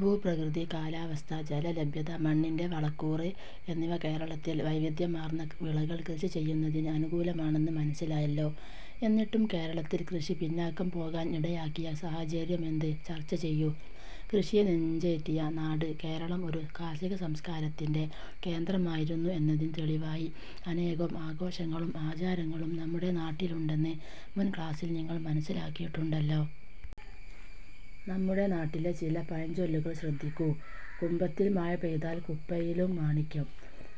ഭൂപ്രകൃതി, കാലാവസ്ഥ, ജലലഭ്യത, മണ്ണിന്റെ വളക്കൂറ് എന്നിവ കേരളത്തിൽ വൈവിധ്യമാർന്ന വിളകൾ കൃഷി ചെയ്യുന്നതിന് അനുകൂലമാണെന്ന് മനസ്സിലായല്ലോ? എന്നിട്ടും കേരളത്തിൽ കൃഷി പിന്നാക്കം പോകാൻ ഇടയാക്കിയ സാഹചര്യം എന്ത്? ചർച്ച ചെയ്യൂ. കൃഷിയെ നെഞ്ചേറ്റിയ നാട് കേരളം ഒരു കാർഷികസംസ്കാരത്തിന്റെ കേന്ദ്രമായിരുന്നു എന്നതിന് തെളിവായി അനേകം ആഘോഷങ്ങളും ആചാരങ്ങളും നമ്മുടെ നാട്ടിലുണ്ടെന്ന് മുൻ ക്ലാസ്സിൽ നിങ്ങൾ മനസിലാക്കിയിട്ടുണ്ടല്ലോ. നമ്മുടെ നാട്ടിലെ ചില പഴഞ്ചൊല്ലുകൾ ശ്രദ്ധിക്കൂ. ""കുംഭത്തിൽ മഴ പെയ്താൽ കുപ്പയിലും മാണിക്യം',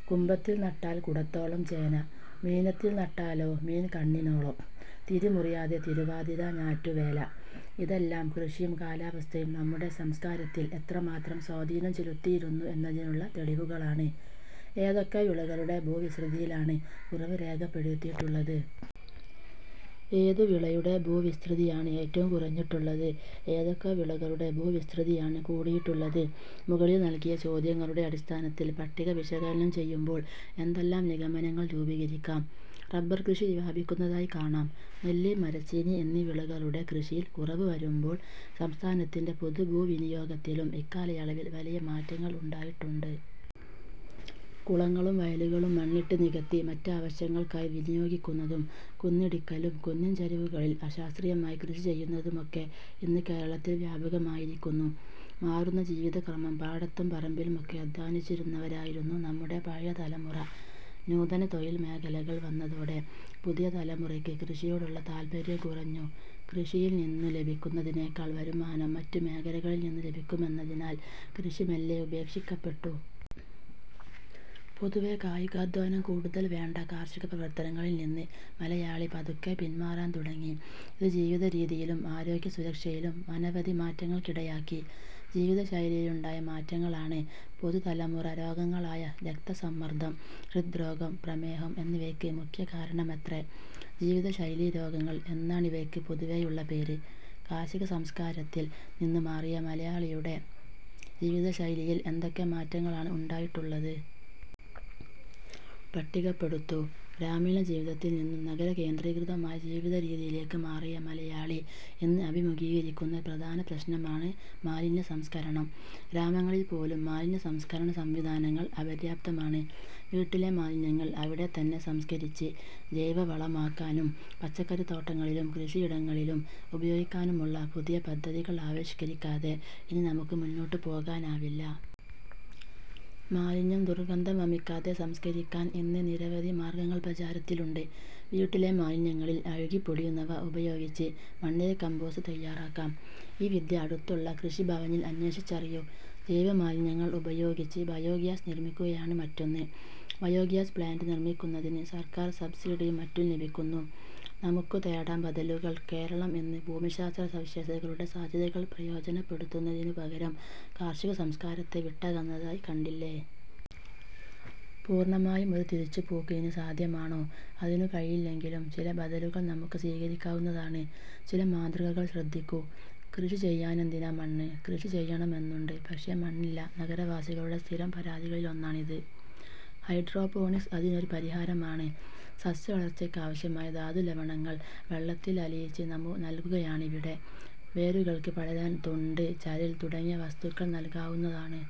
'കുംഭത്തിൽ നട്ടാൽ കുടത്തോളം ചേന', ""മീനത്തിൽ നട്ടാലോ മീൻ കണ്ണിനോളം', 'തിരിമുറിയാതെ തിരുവാതിര ഞാറ്റുവേല... ' ഇതെല്ലാം കൃഷിയും കാലാവസ്ഥയും നമ്മുടെ സംസ്കാരത്തിൽ എത്രമാത്രം സ്വാധീനം ചെലുത്തിയിരുന്നു എന്നതിനുള്ള തെളിവുകളാണ്. ഏതൊക്കെ വിളകളുടെ ഭൂവിസ്തൃതിയിലാണ് കുറവ് രേഖപ്പെടുത്തിയിട്ടുള്ളത്? ഏതു വിളയുടെ ഭൂവിസ്തൃതിയാണ് ഏറ്റവും കുറഞ്ഞിട്ടുള്ളത്? ഏതൊക്കെ വിളകളുടെ ഭൂവിസ്തൃതിയാണ് കൂടിയിട്ടുള്ളത്? മുകളിൽ നൽകിയ ചോദ്യങ്ങളുടെ അടിസ്ഥാനത്തിൽ പട്ടിക വിശകലനം ചെയ്യുമ്പോൾ എന്തെല്ലാം നിഗമനങ്ങൾ രൂപീകരിക്കാം? റബർകൃഷി വ്യാപിക്കുന്നതായി കാണാം. നെല്ല്, മരച്ചീനി എന്നീ വിളകളുടെ കൃഷിയിൽ കുറവ് വരുമ്പോൾ സംസ്ഥാനത്തിന്റെ പൊതുഭൂവിനിയോഗത്തിലും ഇക്കാലയളവിൽ വലിയ മാറ്റങ്ങൾ ഉണ്ടായിട്ടുണ്ട്. കുളങ്ങളും വയലുകളും മണ്ണിട്ട് നികത്തി മറ്റാവശ്യങ്ങൾക്കായി വിനിയോഗിക്കുന്നതും കുന്നിടിക്കലും കുന്നിൻചരിവുകളിൽ അശാസ്ത്രീയമായി കൃഷി ചെയ്യുന്നതുമൊക്കെ ഇന്ന് കേരളത്തിൽ വ്യാപകമായിരിക്കുന്നു. മാറുന്ന ജീവിതക്രമം പാടത്തും പറമ്പിലുമൊക്കെ അദ്ധ്വാനിച്ചിരുന്നവരായിരുന്നു നമ്മുടെ പഴയ തലമുറ. നൂതന തൊഴിൽ മേഖലകൾ വന്നതോടെ പുതിയ തലമുറയ്ക്ക് കൃഷിയോടുള്ള താത്പര്യം കുറഞ്ഞു. കൃഷിയിൽ നിന്നു ലഭിക്കുന്നതിനേക്കാൾ വരുമാനം മറ്റു മേഖലകളിൽ നിന്നു ലഭിക്കുമെന്നതിനാൽ കൃഷി മെല്ലെ ഉപേക്ഷിക്കപ്പെട്ടു. പൊതുവെ കായികാധ്വാനം കൂടുതൽ വേണ്ട കാർഷിക പ്രവർത്തനങ്ങളിൽ നിന്ന് മലയാളി പതുക്കെ പിൻമാറാൻ തുടങ്ങി. ഇത് ജീവിതരീതിയിലും ആരോഗ്യസുരക്ഷയിലും അനവധി മാറ്റങ്ങൾക്കിടയാക്കി. ജീവിതശൈലിയിലുണ്ടായ മാറ്റങ്ങളാണ് പുതുതലമുറരോഗങ്ങളായ രക്തസമ്മർദ്ദം, ഹൃദ്രോഗം, പ്രമേഹം എന്നിവയ്ക്ക് മുഖ്യ കാരണമത്രേ. ജീവിതശൈലീ രോഗങ്ങൾ എന്നാണിവയ്ക്ക് പൊതുവെയുള്ള പേര്. കാർഷികസംസ്കാരത്തിൽ നിന്ന് മാറിയ മലയാളിയുടെ ജീവിത ശൈലിയിൽ എന്തൊക്കെ മാറ്റങ്ങളാണ് ഉണ്ടായിട്ടുള്ളത്? പട്ടികപ്പെടുത്തു. ഗ്രാമീണ ജീവിതത്തിൽ നിന്നു നഗരകേന്ദ്രീകൃതമായ ജീവിതരീതിയിലേക്ക് മാറിയ മലയാളി ഇന്ന് അഭിമുഖീകരിക്കുന്ന ഒരു പ്രധാന പ്രശ്നമാണ് മാലിന്യസംസ്കരണം. ഗ്രാമങ്ങളിൽ പോലും മാലിന്യ സംസ്കരണസംവിധാനങ്ങൾ അപര്യാപ്തമാണ്. വീട്ടിലെ മാലിന്യങ്ങൾ അവിടെത്തന്നെ സംസ്കരിച്ച് ജൈവവളമാക്കാനും പച്ചക്കറിത്തോട്ടങ്ങളിലും കൃഷിയിടങ്ങളിലും ഉപയോഗിക്കാനുമുള്ള പുതിയ പദ്ധതികൾ ആവിഷ്ക്കരിക്കാതെ ഇനി നമുക്ക് മുന്നോട്ടു പോകാനാവില്ല. മാലിന്യം ദുർഗന്ധം വമിക്കാതെ സംസ്കരിക്കാൻ ഇന്ന് നിരവധി മാർഗ്ഗങ്ങൾ പ്രചാരത്തിലുണ്ട്. വീട്ടിലെ മാലിന്യങ്ങളിൽ അഴുകിപ്പൊടിയുന്നവ ഉപയോഗിച്ച് മണ്ണിര കമ്പോസ്റ്റ് തയ്യാറാക്കാം. ഈ വിദ്യ അടുത്തുള്ള കൃഷിഭവനിൽ അന്വേഷിച്ചറിയൂ. ജൈവമാലിന്യങ്ങൾ ഉപയോഗിച്ച് ബയോഗ്യാസ് നിർമ്മിക്കുകയാണ് മറ്റൊന്ന്. ബയോഗ്യാസ് പ്ലാന്റ് നിർമ്മിക്കുന്നതിന് സർക്കാർ സബ്സിഡിയും മറ്റും ലഭിക്കുന്നു. നമുക്കുതേടാം ബദലുകൾ കേരളം ഇന്ന് ഭൂമിശാസ്ത്ര സവിശേഷതകളുടെ സാധ്യതകൾ പ്രയോജനപ്പെടുത്തുന്നതിനു പകരം കാർഷിക സംസ്കാരത്തെ വിട്ടകന്നതായി കണ്ടില്ലേ? പൂർണമായും ഒരു തിരിച്ചുപോക്ക് ഇനി സാധ്യമാണോ? അതിനുകഴിയില്ലെങ്കിലും ചില ബദലുകൾ നമുക്ക് സ്വീകരിക്കാവുന്നതാണ്. ചില മാതൃകകൾ ശ്രദ്ധിക്കൂ. കൃഷി ചെയ്യാനെന്തിനാ മണ്ണ് കൃഷി ചെയ്യണമെന്നുണ്ട്, പക്ഷേ മണ്ണില്ല. നഗരവാസികളുടെ സ്ഥിരം പരാതികളിലൊന്നാണിത്. ഹൈഡ്രോ പോണിക്സ് അതിനൊരു പരിഹാരമാണ്. സസ്യവളർച്ചയ്ക്കാവശ്യമായ ധാതുലവണങ്ങൾ വെള്ളത്തിലലിയിച്ച് നൽകുകയാണിവിടെ. വേരുകൾക്ക് പടരാൻ തൊണ്ട്, ചരൽ തുടങ്ങിയ വസ്തു ക്കൾ നൽകാവുന്നതാണ്.